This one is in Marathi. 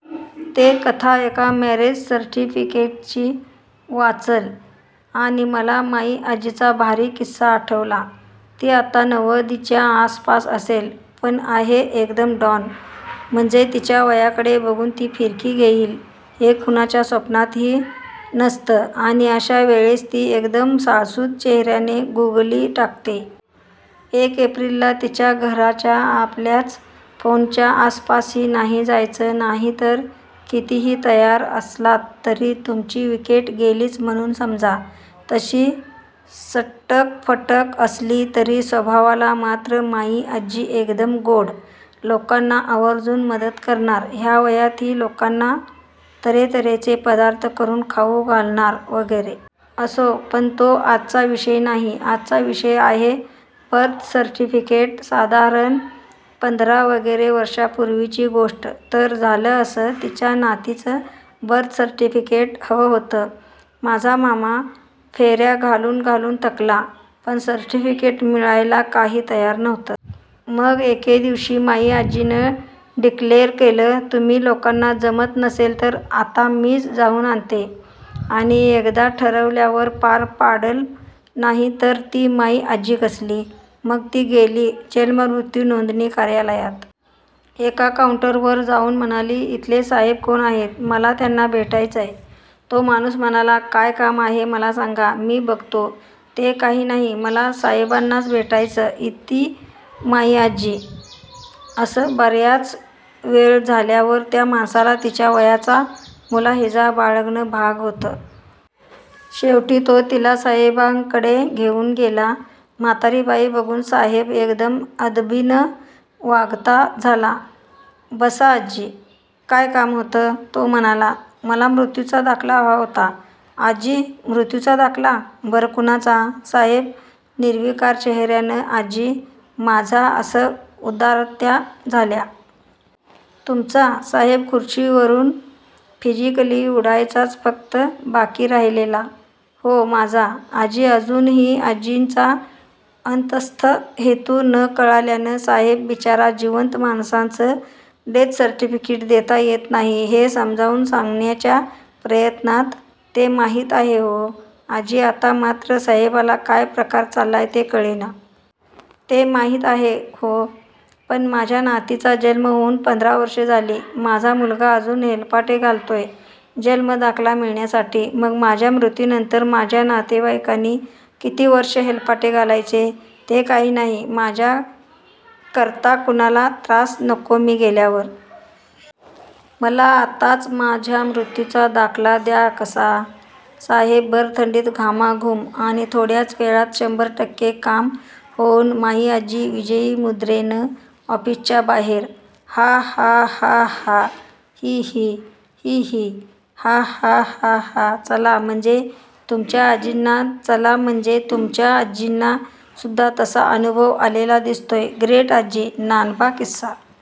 ते 'कथा एका मॅरेज सर्टिफिकेटची' वाचलं आणि मला माई आज्जीचा भारी किस्सा आठवला. ती आता नवद्दीच्या आसपास असेल. पण आहे एकदम डॉन! म्हणजे तिच्या वयाकडे बघून ती फिरकी घेईल, हे कुणाच्या स्वप्नातही नसतं आणि अशा वेळेस ती एकदम साळसूद चेहर्यानं गूगली टाकते. एक एप्रिलला तिच्या घराच्या, आपल्याच फोनच्या आसपासही नाही जायचं नाहीतर कितीही तयार असलात तरी तुमची विकेट गेलीच म्हणून समजा! तशी सटकफटक असली तरी स्वभावाला मात्र माईआज्जी एकदम गोड! लोकांना आवर्जून मदत करणार, ह्या वयातही लोकांना तर्हेतर्हेचे पदार्थ करून खावू घालणार वगैरे. असो, पण तो आजचा विषय नाही! आजचा विषय आहे बर्थ सर्टिफिकेट. साधारण पंधरा वगैरे वर्षापूर्वीची गोष्ट. तर झालं असं तिच्या नातीचं बर्थ सर्टिफिकेट हवं होतं. माझा मामा फेर्या घालून घालून थकला, पण सर्टिफिकेट मिळायला काही तयार नव्हतं. मग एके दिवशी माई आज्जीनं डिक्लेअर केलं 'तुम्हा लोकांना जमत नसेल तर आता मीच जाऊन आणते' आणि एकदा ठरवल्यावर पार पाडलं नाही तर ती माई आज्जी कसली! मग ती गेली 'जन्म मृत्यू नोंदणी' कार्यालयात. एका काऊंटरवर जाऊन म्हणाली 'इथले साहेब कोण आहेत? मला त्यांना भेटायचय. ' तो माणूस म्हणाला, "काय काम आहे मला सांगा. मी बघतो. " "ते काही नाही मला साहेबांनाच भेटायचय" इती माई आज्जी. असं बर्याच वेळ झाल्यावर त्या माणसाला तिच्या वयाचा मुलाहिजा बाळगणं भाग होतं. शेवटी तो तिला साहेबांकडे घेऊन गेला. म्हातारी बाई बघून साहेब एकदम आदबीन वागता झाला. 'बसा आजी. काय काम होतं', तो म्हणाला. 'मला मृत्यूचा दाखला हवा होता': आजी. 'मृत्यूचा दाखला? बरं, कुणाचा": साहेब निर्विकार चेहर्यानं आजी "माझा" असं उद्गारत्या झाल्या. "तुमचा? ": साहेब खूर्चीवरून फिजीकली उडायचाच फक्त बाकी राहिलेला "हो, माझा! " आजी अजूनही आजींचा अंतस्थ हेतू न कळल्यानं साहेब बिचारा 'जिवंत माणसाचं डेथ सर्टिफिकेट देता येत नाही' हे समजावून सांगण्याच्या प्रयत्नात. "ते माहित आहे हो" आजी आता मात्र साहेबाला काय प्रकार चाल्लाय ते कळेना. "ते माहित आहे हो, पण माझ्या नातीचा जन्म होऊन पंधरा वर्ष झाली, माझा मुलगा अजून हेलपाटे घालतोय जन्म दाखला मिळवण्यासाठी. मग माझ्या मृत्यूनंतर माझ्या नातेवाईकांनी किती वर्ष हेलपाटे घालायचे? ते काही नाही. माझ्या करता कुणाला त्रास नको मी गेल्यावर. मला आताच माझ्या मृत्यूचा दाखला द्या कसा! " साहेब भर थंडीत घामाघूम! आणि थोड्याच वेळात शंभर टक्के काम होऊन माईआजी विजयी मुद्रेनं ऑफिसच्या बाहेर! हा हा हा हा हा ही ही ही ही हा हा हा हा हा चला म्हणजे तुमच्या आजींना चला म्हणजे तुमच्या आजींना सुद्धा तसा अनुभव आलेला दिसतोय. ग्रेट आजी, नानबा, किस्सा